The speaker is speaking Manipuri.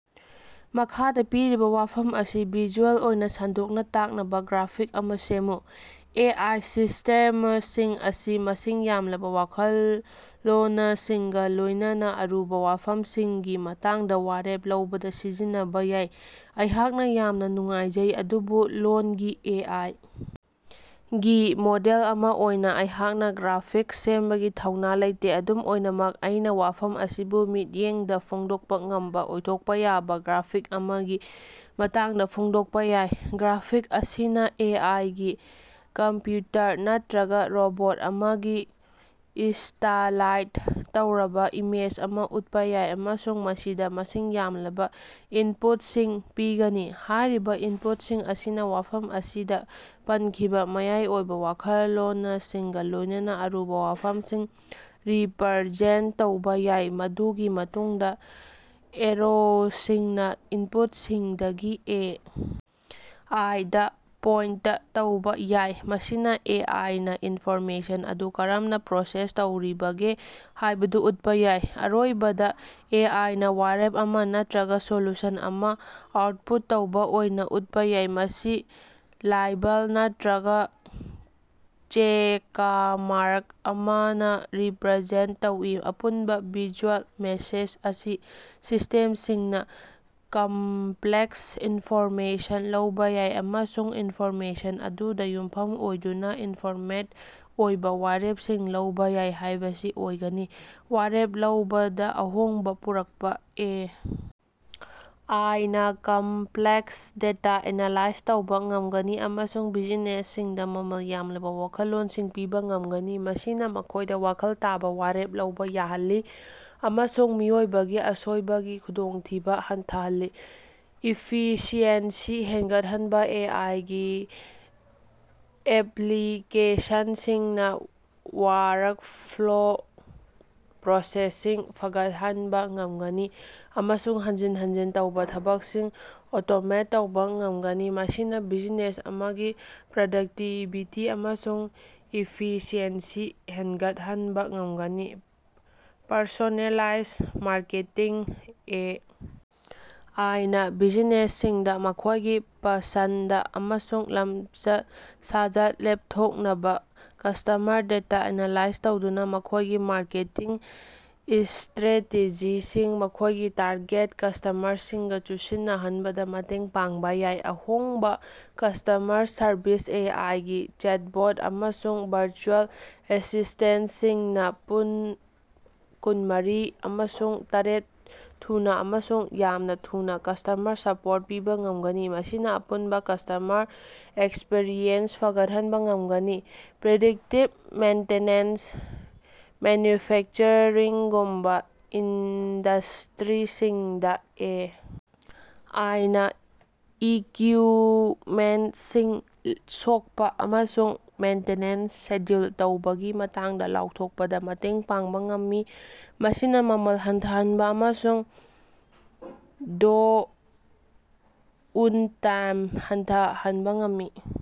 ꯃꯈꯥꯗ ꯄꯤꯔꯤꯕ ꯋꯥꯐꯝ ꯑꯁꯤ ꯚꯤꯖꯨꯑꯦꯜ ꯑꯣꯏꯅ ꯁꯟꯗꯣꯛꯅ ꯇꯥꯛꯅꯕ ꯒ꯭ꯔꯥꯐꯤꯛ ꯑꯃ ꯁꯦꯝꯃꯨ꯫ ꯑꯦ. ꯑꯥꯏ. ꯁꯤꯁ꯭ꯇꯦꯃꯁꯤꯡ ꯑꯁꯤ ꯃꯁꯤꯡ ꯌꯥꯝꯂꯕ ꯋꯥꯈꯜꯂꯣꯅꯁꯤꯡꯒ ꯂꯣꯏꯅꯅ ꯑꯔꯨꯕ ꯋꯥꯐꯝꯁꯤꯡꯒꯤ ꯃꯇꯥꯡꯗ ꯋꯥꯔꯦꯞ ꯂꯧꯕꯗ ꯁꯤꯖꯤꯟꯅꯕ ꯌꯥꯏ꯫ ꯑꯩꯍꯥꯛꯅ ꯌꯥꯝꯅ ꯅꯨꯡꯉꯥꯏꯖꯩ, ꯑꯗꯨꯕꯨ ꯂꯣꯜꯒꯤ ꯑꯦ. ꯑꯥꯏ. ꯒꯤ ꯃꯣꯗꯦꯜ ꯑꯃ ꯑꯣꯏꯅ ꯑꯩꯍꯥꯛꯅ ꯒ꯭ꯔꯥꯐꯤꯛꯁ ꯁꯦꯝꯕꯒꯤ ꯊꯧꯅ ꯂꯩꯇꯦ꯫ ꯑꯗꯨꯝ ꯑꯣꯏꯅꯃꯛ, ꯑꯩꯅ ꯋꯥꯐꯝ ꯑꯁꯤꯕꯨ ꯃꯤꯠꯌꯦꯡꯗ ꯐꯣꯡꯗꯣꯛꯄ ꯉꯝꯕ ꯑꯣꯏꯊꯣꯛꯄ ꯌꯥꯕ ꯒ꯭ꯔꯥꯐꯤꯛ ꯑꯃꯒꯤ ꯃꯇꯥꯡꯗ ꯐꯣꯡꯗꯣꯛꯄ ꯌꯥꯏ꯫ ꯒ꯭ꯔꯥꯐꯤꯛ ꯑꯁꯤꯅ ꯑꯦ. ꯑꯥꯏ. ꯒꯤ ꯀꯝꯞꯌꯨꯇꯔ ꯅꯠꯇ꯭ꯔꯒꯥ ꯔꯣꯕꯣꯠ ꯑꯃꯒꯤ ꯏꯁ꯭ꯇꯥꯏꯂꯥꯏꯖ ꯇꯧꯔꯕ ꯏꯃꯦꯖ ꯑꯃ ꯎꯠꯄ ꯌꯥꯏ ꯑꯃꯁꯨꯡ ꯃꯁꯤꯗ ꯃꯁꯤꯡ ꯌꯥꯝꯂꯕ ꯏꯟꯄꯨꯠꯁꯤꯡ ꯄꯤꯒꯅꯤ꯫ ꯍꯥꯏꯔꯤꯕ ꯏꯟꯄꯨꯠꯁꯤꯡ ꯑꯁꯤꯅ ꯋꯥꯐꯝ ꯑꯁꯤꯗ ꯄꯟꯈꯤꯕ ꯃꯌꯥꯏ ꯑꯣꯏꯕ ꯋꯥꯈꯜꯂꯣꯅꯁꯤꯡꯒ ꯂꯣꯏꯅꯅ ꯑꯔꯨꯕ ꯋꯥꯐꯝꯁꯤꯡ ꯔꯤꯄꯔꯖꯦꯟꯇ ꯇꯧꯕ ꯌꯥꯏ꯫ ꯃꯗꯨꯒꯤ ꯃꯇꯨꯡꯗ ꯑꯦꯔꯣꯁꯤꯡꯅ ꯏꯟꯄꯨꯠꯁꯤꯡꯗꯒꯤ ꯑꯦ. ꯑꯥꯏ. ꯗ ꯄꯣꯏꯟꯇ ꯇꯧꯕ ꯌꯥꯏ, ꯃꯁꯤꯅ ꯑꯦ. ꯑꯥꯏ. ꯅ ꯏꯟꯐꯣꯔꯃꯦꯁꯟ ꯑꯗꯨ ꯀꯔꯝꯅ ꯄ꯭ꯔꯣꯁꯦꯁ ꯇꯧꯔꯤꯕꯒꯦ ꯍꯥꯏꯕꯗꯨ ꯎꯠꯄ ꯌꯥꯏ꯫ ꯑꯔꯣꯏꯕꯗ, ꯑꯦ. ꯑꯥꯏ. ꯅ ꯋꯥꯔꯦꯞ ꯑꯃ ꯅꯠꯇ꯭ꯔꯒꯥ ꯁꯣꯂꯨꯁꯟ ꯑꯃ ꯑꯥꯎꯠꯄꯨꯠ ꯇꯧꯕ ꯑꯣꯏꯅ ꯎꯠꯄ ꯌꯥꯏ, ꯃꯁꯤ ꯂꯥꯏꯠꯕꯜ ꯅꯠꯇ꯭ꯔꯒꯥ ꯆꯦꯀꯃꯥꯔꯛ ꯑꯃꯅ ꯔꯤꯄꯔꯖꯦꯟꯇ ꯇꯧꯏ꯫ ꯑꯄꯨꯟꯕ ꯚꯤꯖꯨꯑꯦꯜ ꯃꯦꯁꯦꯖ ꯑꯁꯤ ꯁꯤꯁ꯭ꯇꯦꯝꯁꯤꯡꯅ ꯀꯝꯞꯂꯦꯛꯁ ꯏꯟꯐꯣꯔꯃꯦꯁꯟ ꯂꯧꯕ ꯌꯥꯏ ꯑꯃꯁꯨꯡ ꯏꯟꯐꯣꯔꯃꯦꯁꯟ ꯑꯗꯨꯗ ꯌꯨꯝꯐꯝ ꯑꯣꯏꯗꯨꯅ ꯏꯟꯐꯣꯔꯃꯦꯗ ꯑꯣꯏꯕ ꯋꯥꯔꯦꯞꯁꯤꯡ ꯂꯧꯕ ꯌꯥꯏ ꯍꯥꯏꯕꯁꯤ ꯑꯣꯏꯒꯅꯤ꯫ ꯋꯥꯔꯦꯞ ꯂꯧꯕꯗ ꯑꯍꯣꯡꯕ ꯄꯨꯔꯛꯄ: ꯑꯦ. ꯑꯥꯏ. ꯅ ꯀꯝꯞꯂꯦꯛꯁ ꯗꯦꯇꯥ ꯑꯦꯅꯥꯂꯥꯏꯖ ꯇꯧꯕ ꯉꯝꯒꯅꯤ ꯑꯃꯁꯨꯡ ꯕꯤꯖꯤꯅꯦꯁꯁꯤꯡꯗ ꯃꯃꯜ ꯌꯥꯝꯂꯕ ꯋꯥꯈꯜꯂꯣꯟꯁꯤꯡ ꯄꯤꯕ ꯉꯝꯒꯅꯤ, ꯃꯁꯤꯅ ꯃꯈꯣꯏꯗ ꯋꯥꯈꯜ ꯇꯥꯕ ꯋꯥꯔꯦꯞ ꯂꯧꯕ ꯌꯥꯍꯜꯂꯤ ꯑꯃꯁꯨꯡ ꯃꯤꯑꯣꯏꯕꯒꯤ ꯑꯁꯣꯏꯕꯒꯤ ꯈꯨꯗꯣꯡꯊꯤꯕ ꯍꯟꯊꯍꯜꯂꯤ꯫ ꯏꯐꯤꯁꯤꯑꯦꯟꯁꯤ ꯍꯦꯟꯒꯠꯍꯟꯕ: ꯑꯦ. ꯑꯥꯏ. ꯒꯤ ꯑꯦꯞꯂꯤꯀꯦꯁꯟꯁꯤꯡꯅ ꯋꯥꯔꯛꯐ꯭ꯂꯣ ꯄ꯭ꯔꯣꯁꯦꯁꯁꯤꯡ ꯐꯒꯠꯍꯟꯕ ꯉꯝꯒꯅꯤ ꯑꯃꯁꯨꯡ ꯍꯟꯖꯤꯟ ꯍꯟꯖꯤꯟ ꯇꯧꯕ ꯊꯕꯛꯁꯤꯡ ꯑꯣꯇꯣꯃꯦꯠ ꯇꯧꯕ ꯉꯝꯒꯅꯤ, ꯃꯁꯤꯅ ꯕꯤꯖꯤꯅꯦꯁ ꯑꯃꯒꯤ ꯄ꯭ꯔꯗꯛꯇꯤꯕꯤꯇꯤ ꯑꯃꯁꯨꯡ ꯏꯐꯤꯁꯤꯑꯦꯟꯁꯤ ꯍꯦꯟꯒꯠꯍꯟꯕ ꯉꯝꯒꯅꯤ꯫ Personalise marketing: A. ꯑꯥꯏ. ꯅ ꯕꯤꯖꯤꯅꯦꯁꯁꯤꯡꯗ ꯃꯈꯣꯏꯒꯤ ꯄꯁꯟꯗ ꯑꯃꯁꯨꯡ ꯂꯃꯆꯠ-ꯁꯥꯖꯠ ꯂꯦꯞꯊꯣꯛꯅꯕ ꯀꯁ꯭ꯇꯃꯔ ꯗꯦꯇꯥ ꯑꯦꯅꯥꯂꯥꯏꯖ ꯇꯧꯗꯨꯅ ꯃꯈꯣꯏꯒꯤ ꯃꯥꯔꯀꯦꯇꯤꯡ ꯏꯁ꯭ꯇꯔꯦꯇꯦꯖꯤꯁꯤꯡ ꯃꯈꯣꯏꯒꯤ ꯇꯥꯔꯒꯦꯠ ꯀꯁ꯭ꯇꯃꯔꯁꯤꯡꯒ ꯆꯨꯁꯤꯟꯅꯍꯟꯕꯗ ꯃꯇꯦꯡ ꯄꯥꯡꯕ ꯌꯥꯏ꯫ ꯑꯍꯣꯡꯕ ꯀꯁ꯭ꯇꯃꯔ ꯁꯔꯕꯤꯁ: ꯑꯦ. ꯑꯥꯏ. ꯒꯤ ꯆꯦꯠꯕꯣꯠ ꯑꯃꯁꯨꯡ ꯚꯔꯆꯨꯑꯦꯜ ꯑꯦꯁꯤꯁ꯭ꯇꯦꯟꯇꯁꯤꯡꯅ ꯄꯨꯡ ꯀꯨꯟꯃꯔꯤ ꯑꯃꯁꯨꯡ ꯇꯔꯦꯠ ꯊꯨꯅ ꯑꯃꯁꯨꯡ ꯌꯥꯝꯅ ꯊꯨꯅ ꯀꯁ꯭ꯇꯃꯔ ꯁꯄꯣꯔꯠ ꯄꯤꯕ ꯉꯝꯒꯅꯤ, ꯃꯁꯤꯅ ꯑꯄꯨꯟꯕ ꯀꯁ꯭ꯇꯃꯔ ꯑꯦꯛꯁꯄꯔꯤꯌꯦꯟꯁ ꯐꯒꯠꯍꯟꯕ ꯉꯝꯒꯅꯤ꯫ ꯄ꯭ꯔꯤꯗꯤꯛꯇꯤꯚ ꯃꯦꯟꯇꯦꯅꯦꯟꯁ: ꯃꯦꯅꯌꯨꯐꯦꯛꯆꯔꯤꯡꯒꯨꯝꯕ ꯏꯟꯗꯁ꯭ꯇꯔꯤꯁꯤꯡꯗ, ꯑꯦ. ꯑꯥꯏ. ꯅ ꯏꯀꯌꯨꯏꯞꯃꯦꯟꯇꯁꯤꯡ ꯁꯣꯛꯄ ꯑꯃꯁꯨꯡ ꯃꯦꯟꯇꯦꯅꯦꯟꯁ ꯁꯦꯗ꯭ꯌꯨꯜ ꯇꯧꯕꯒꯤ ꯃꯇꯥꯡꯗ ꯂꯥꯎꯊꯣꯛꯄꯗ ꯃꯇꯦꯡ ꯄꯥꯡꯕ ꯉꯝꯃꯤ, ꯃꯁꯤꯅ ꯃꯃꯜ ꯍꯟꯊꯍꯟꯕ ꯑꯃꯁꯨꯡ ꯗꯣꯎꯟꯇꯥꯏꯝ ꯍꯟꯊꯍꯟꯕ ꯉꯝꯃꯤ꯫